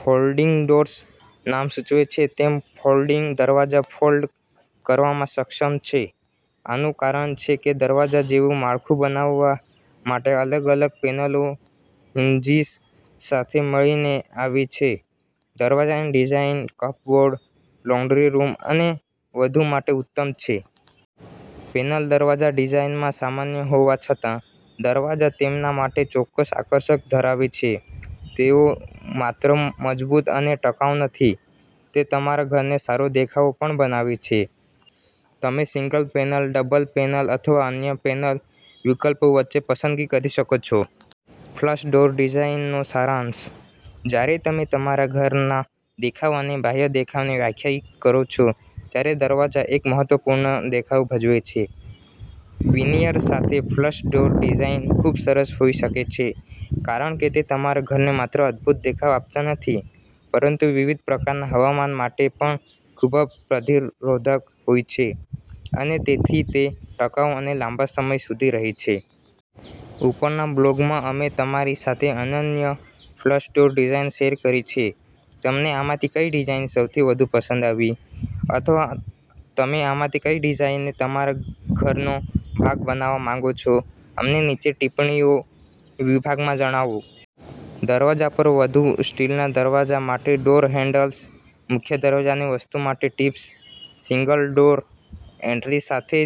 Folding doors. નામ સૂચવે છે તેમ, ફોલ્ડિંગ દરવાજા ફોલ્ડ કરવામાં સક્ષમ છે. આનું કારણછે કે દરવાજા જેવું માળખું બનાવવા માટે અલગ-અલગ પેનલો હીંજીસ સાથે મળીને આવે છે. દરવાજાની ડિઝાઇન કપબોર્ડ, લોન્ડ્રી રૂમ અને વધુ માટે ઉત્તમ છે. પેનલ દરવાજા ડિઝાઇનમાં સામાન્ય હોવા છતાં, દરવાજા તેમના માટે ચોક્કસ આકર્ષણ ધરાવે છે. તેઓ માત્ર મજબૂત અને ટકાઉ, નથી, તે તમારા ઘરને સારો દેખાવ પણ બનાવે છે. તમે સિંગલ પેનલ, ડબલ પેનલ અથવા અન્ય પેનલ વિકલ્પો વચ્ચે પસંદગી કરી શકો છો. ફ્લશ ડોર ડિઝાઇનનો સારાંશ. જ્યારે તમે તમારા ઘરના દેખાવ અને બાહ્ય દેખાવને વ્યાખ્યાયિત કરો છો ત્યારે દરવાજા એક મહત્વપૂર્ણ દેખાવ ભજવે છે. વિનિયર સાથે ફ્લશ ડોર ડિઝાઇન ખૂબ સરસ હોઈ શકે છે, કારણ કે તે તમારા ઘરને માત્ર અદભૂત દેખાવ આપતા નથી, પરંતુ વિવિધ પ્રકારના હવામાન માટે પણ ખૂબ પ્રતિરોધક હોય છે અને તેથી તે ટકાઉ અને લાંબા સમય સુધી રહે છે. ઉપરના બ્લોગમાં, અમે તમારી સાથે અનન્ય ફ્લશ ડોર ડિઝાઇન શેર કરી છે. તમને આમાંથી કઈ ડિઝાઇન સૌથી વધુ પસંદ આવી? અથવા તમે આમાંથી કઈ ડિઝાઇનને તમારા ઘરનો ભાગ બનવા માંગો છો? અમને નીચે ટિપ્પણીઓ વિભાગમાં જણાવો. દરવાજા પર વધુ. સ્ટીલના દરવાજા માટે ડોર હેન્ડલ્સ. મુખ્ય દરવાજાની વાસ્તુ માટે ટિપ્સ. સિંગલ ડોર એન્ટ્રી સાથે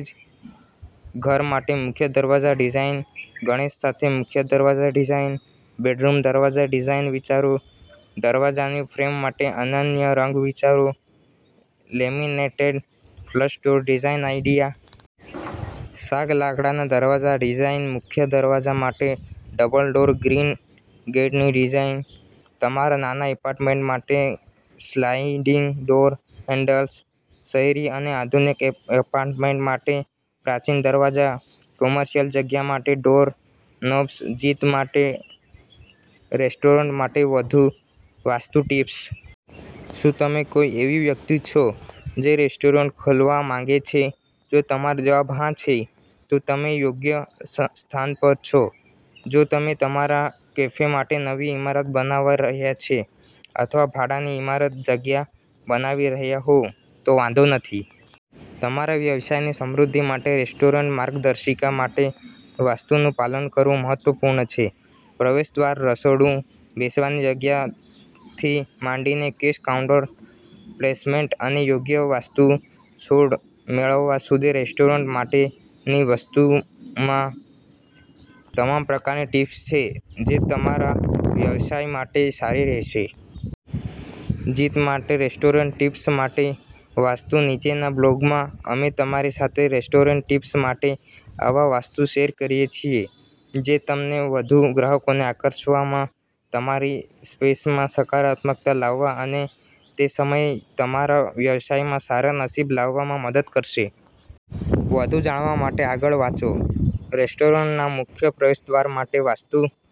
ઘર માટે મુખ્ય દરવાજાની ડિઝાઇન. ગણેશ સાથે મુખ્ય દરવાજાની ડિઝાઇન. બેડરૂમ દરવાજા ડિઝાઇન વિચારો, દરવાજાની ફ્રેમ માટે અનન્ય રંગ વિચારો, laminated flush door design idea. સાગ લાકડાના દરવાજાની ડિઝાઇન મુખ્ય દરવાજા માટે ડબલ ડોર ગ્રીલ ગેટની ડિઝાઇન. તમારા નાના એપાર્ટમેન્ટ માટે સ્લાઇડિંગ ડોર હેન્ડલ્સ. શહેરી અને આધુનિક એપાર્ટમેન્ટ માટે પ્રાચીન દરવાજા. કોમર્શિયલ જગ્યા માટે ડોર નોબ્સ .જીત માટે રેસ્ટોરન્ટ માટે વાસ્તુ ટિપ્સ. શું તમે કોઈ એવી વ્યક્તિ છો, જે રેસ્ટોરન્ટ ખોલવા માંગે છે? જો તમારો જવાબ હા છે, તો તમે યોગ્ય સ્થાન પર છો. જો તમે તમારા કેફે માટે નવી ઇમારત બનાવી રહ્યા હોવ, અથવા ભાડાની ઇમારતમાં જગ્યા બનાવી રહ્યા હોવ, તો વાંધો નથી. તમારા વ્યવસાયની સમૃદ્ધિ માટે રેસ્ટોરન્ટ માર્ગદર્શિકા માટે વાસ્તુનું પાલન કરવું મહત્વપૂર્ણ છે. પ્રવેશદ્વાર, રસોડું, બેસવાની જગ્યાથી માંડીને કેશ કાઉન્ટરની પ્લેસમેન્ટ અને યોગ્ય વાસ્તુ છોડ મેળવવા સુધી રેસ્ટોરન્ટ માટેની વાસ્તુમાં તમામ પ્રકારની ટિપ્સ છે, જે તમારા વ્યવસાય માટે સારી રહેશે. જીત માટે રેસ્ટોરન્ટ ટિપ્સ માટે વાસ્તુ નીચેના બ્લોગમાં, અમે તમારી સાથે રેસ્ટોરન્ટ ટિપ્સ માટે આવા વાસ્તુ શેર કરીએ છીએ જે તમને વધુ ગ્રાહકોને આકર્ષવામાં, તમારી સ્પેસમાં સકારાત્મકતા લાવવા અને તે સમયે તમારા વ્યવસાયમાં સારા નસીબ લાવવામાં મદદ કરશે. વધુ જાણવા માટે આગળ વાંચો. રેસ્ટોરન્ટના મુખ્ય પ્રવેશદ્વાર માટે વાસ્તુ